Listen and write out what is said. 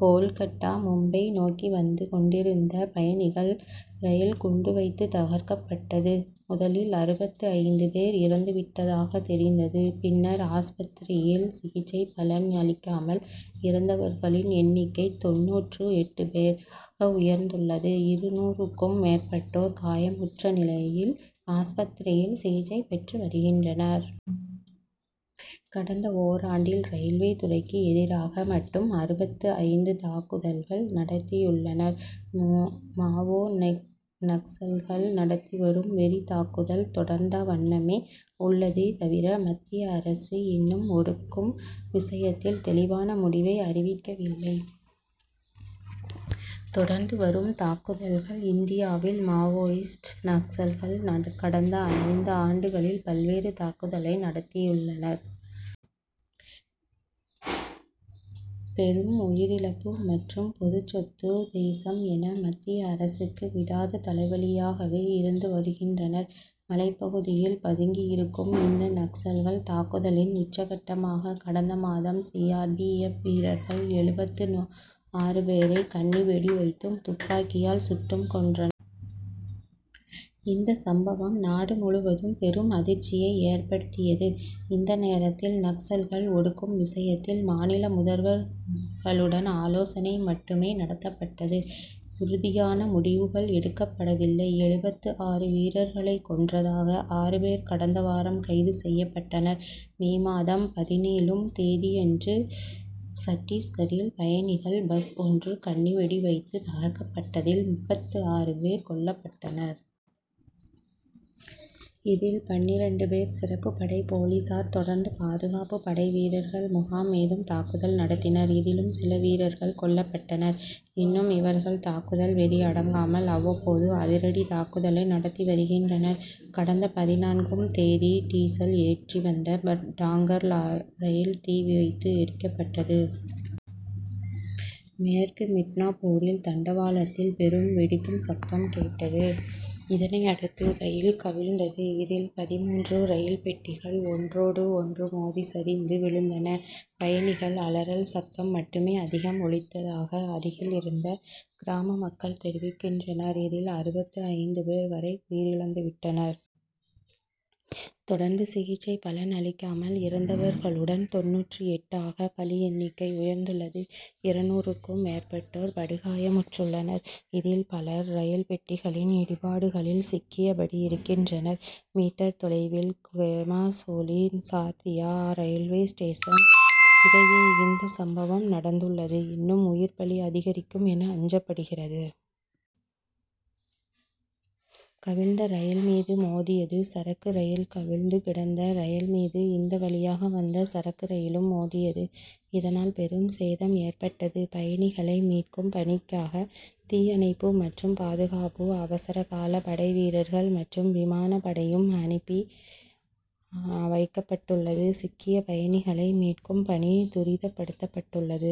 கோல்கட்டா மும்பை நோக்கி வந்து கொண்டிருந்த பயணிகள் ரயில் குண்டு வைத்து தகர்க்கப்பட்டது. முதலில் அறுபத்து ஐந்து பேர் இறந்து விட்டதாக தெரிந்தது. பின்னர் ஆஸ்பத்திரியில் சிகிச்சை பலன் அளிக்காமல் இறந்தவர்களின் எண்ணிக்கை தொண்ணூற்று எட்டு பேர் ஆக உயர்ந்துள்ளது. இருநூறுக்கும் மேற்பட்டோர் காயமுற்ற நிலையில் ஆஸ்பத்திரியில் சிகிச்சை பெற்று வருகின்றனர். கடந்த ஓராண்டில் ரயில்வே துறைக்கு எதிராக மட்டும் அறுபத்து ஐந்து தாக்குதல்கள் நடத்தியுள்ளனர். மாவோ. நக்சல்கள் நடத்தி வரும் வெறி தாக்குதல் தொடர்ந்த வண்ணமே உள்ளதே தவிர மத்திய அரசு இன்னும் ஒடுக்கும் விஷயத்தில் தெளிவான முடிவை அறிவிக்கவில்லை. தொடர்ந்து வரும் தாக்குதல்கள் இந்தியாவில் மவோயிஸ்ட் நக்சல்கள் கடந்த ஐந்து ஆண்டுகளில் பல்வேறு தாக்குதலை நடத்தியுள்ளனர். பெரும் உயிரிழப்பு மற்றும் பொதுச்சொத்து தேசம் என மத்திய அரசுக்கு விடாத தலைவலியாகவே இருந்து வருகின்றனர். மலைப்பகுதியில் பதுங்கி இருக்கும் இந்த நக்சல்கள் தாக்குதலின் உச்சக்கட்டமாக கடந்த மாதம் சி. ஆர். பி. எப் வீரர்கள் எழுபத்து ஆறு பேரை கண்ணி வெடி வைத்தும் துப்பாக்கியால் சுட்டும் கொன்ற. இந்த சம்பவம் நாடு முழுவதும் பெரும் அதிர்ச்சியை ஏற்படுத்தியது. இந்தநேரத்தில் நக்சல்கள் ஒடுக்கும் விஷயத்தில் மாநில முதல்வர்களுடன் ஆலோசனை மட்டுமே நடத்தப்பட்டது. உறுதியான முடிவுகள் எடுக்கப்படவில்லை. எழுபத்து ஆறு வீரர்களை கொன்றதாக ஆறு பேர் கடந்த வாரம் கைது செய்யப்பட்டனர். மே மாதம் பதினேழு ம் தேதியன்று சட்டீஸ்கரில் பயணிகள் பஸ் ஒன்று கண்ணி வெடி வைத்து தகர்க்கப்பட்டதில் முப்பத்து ஆறு பேர் கொல்லப்ட்டனர். இதில் பன்னிரண்டு பேர் சிறப்பு படை போலீசார். தொடர்ந்து பாதுகாப்பு படை வீரர்கள் முகாம் மீதும் தாக்குதல் நடத்தினர், இதிலும் சில வீரர்கள் கொல்லப்பட்டனர். இன்னும் இவர்கள் தாக்குதல் வெறி அடங்காமல் அவ்வப்போது அதிரடி தாக்குதலை நடத்தி வருகின்றனர். கடந்த பதினான்கும் தேதி டீசல் ஏற்றிவந்த டாங்கர் ரயில் தீ வைத்து எரிக்கப்பட்டது. மேற்கு மிட்னாபூரில் தண்டவாளத்தில் பெரும் வெடிக்கும் சப்தம் கேட்டது. இதனையடுத்து ரயில் கவிழ்ந்தது. இதில் பதின்மூன்று ரயில் பெட்டிகள் ஒன்றோடு ஒன்று மோதி சரிந்து விழுந்தன. பயணிகள் அலறல் சப்தம் மட்டுமே அதிகம் ஒலித்ததாக அருகில் இருந்த கிராம மக்கள் தெரிவிக்கின்றனர். இதில் அறுபத்து ஐந்து பேர் வரை உயிரிழந்து விட்டனர். தொடர்ந்து சிகிச்சை பலன் அளிக்காமல் இறந்தவர்களுடன் தொண்ணூற்று எட்டு ஆக பலி எண்ணிக்கை உயர்ந்துள்ளது. இருநூறு க்கும் மேற்பட்டோர் படுகாயமுற்றுள்ளனர். இதில் பலர் ரயில் பெட்டிகளின் இடிபாடுகளில் சிக்கியபடி இருக்கின்றனர். மீட்டர் தொலைவில் கேமாசோலி, சார்தியா ரயில்வே ஸ்டேஷன் இடையே இந்த சம்பவம் நடந்துள்ளது. இன்னும் உயிர்ப்பலி அதிகரிக்கும் என அஞ்சப்படுகிறது. கவிழ்ந்த ரயில் மீது மோதியது சரக்கு ரயில் கவிழ்ந்து கிடந்த ரயில்மீது இந்த வழியாக வந்த சரக்கு ரயிலும் மோதியது. இதனால் பெரும் சேதம் ஏற்பட்டது. பயணிகளை மீட்கும் பணிக்காக தீயணைப்பு மற்றும் பாதுகாப்பு அவசரகால படை வீரர்கள் மற்றும் விமான படையும் அனுப்பி வைக்கப்பட்டுள்ளது. சிக்கிய பயணிகளை மீட்கும் பணி துரிதப்படுத்தப்பட்டுள்ளது.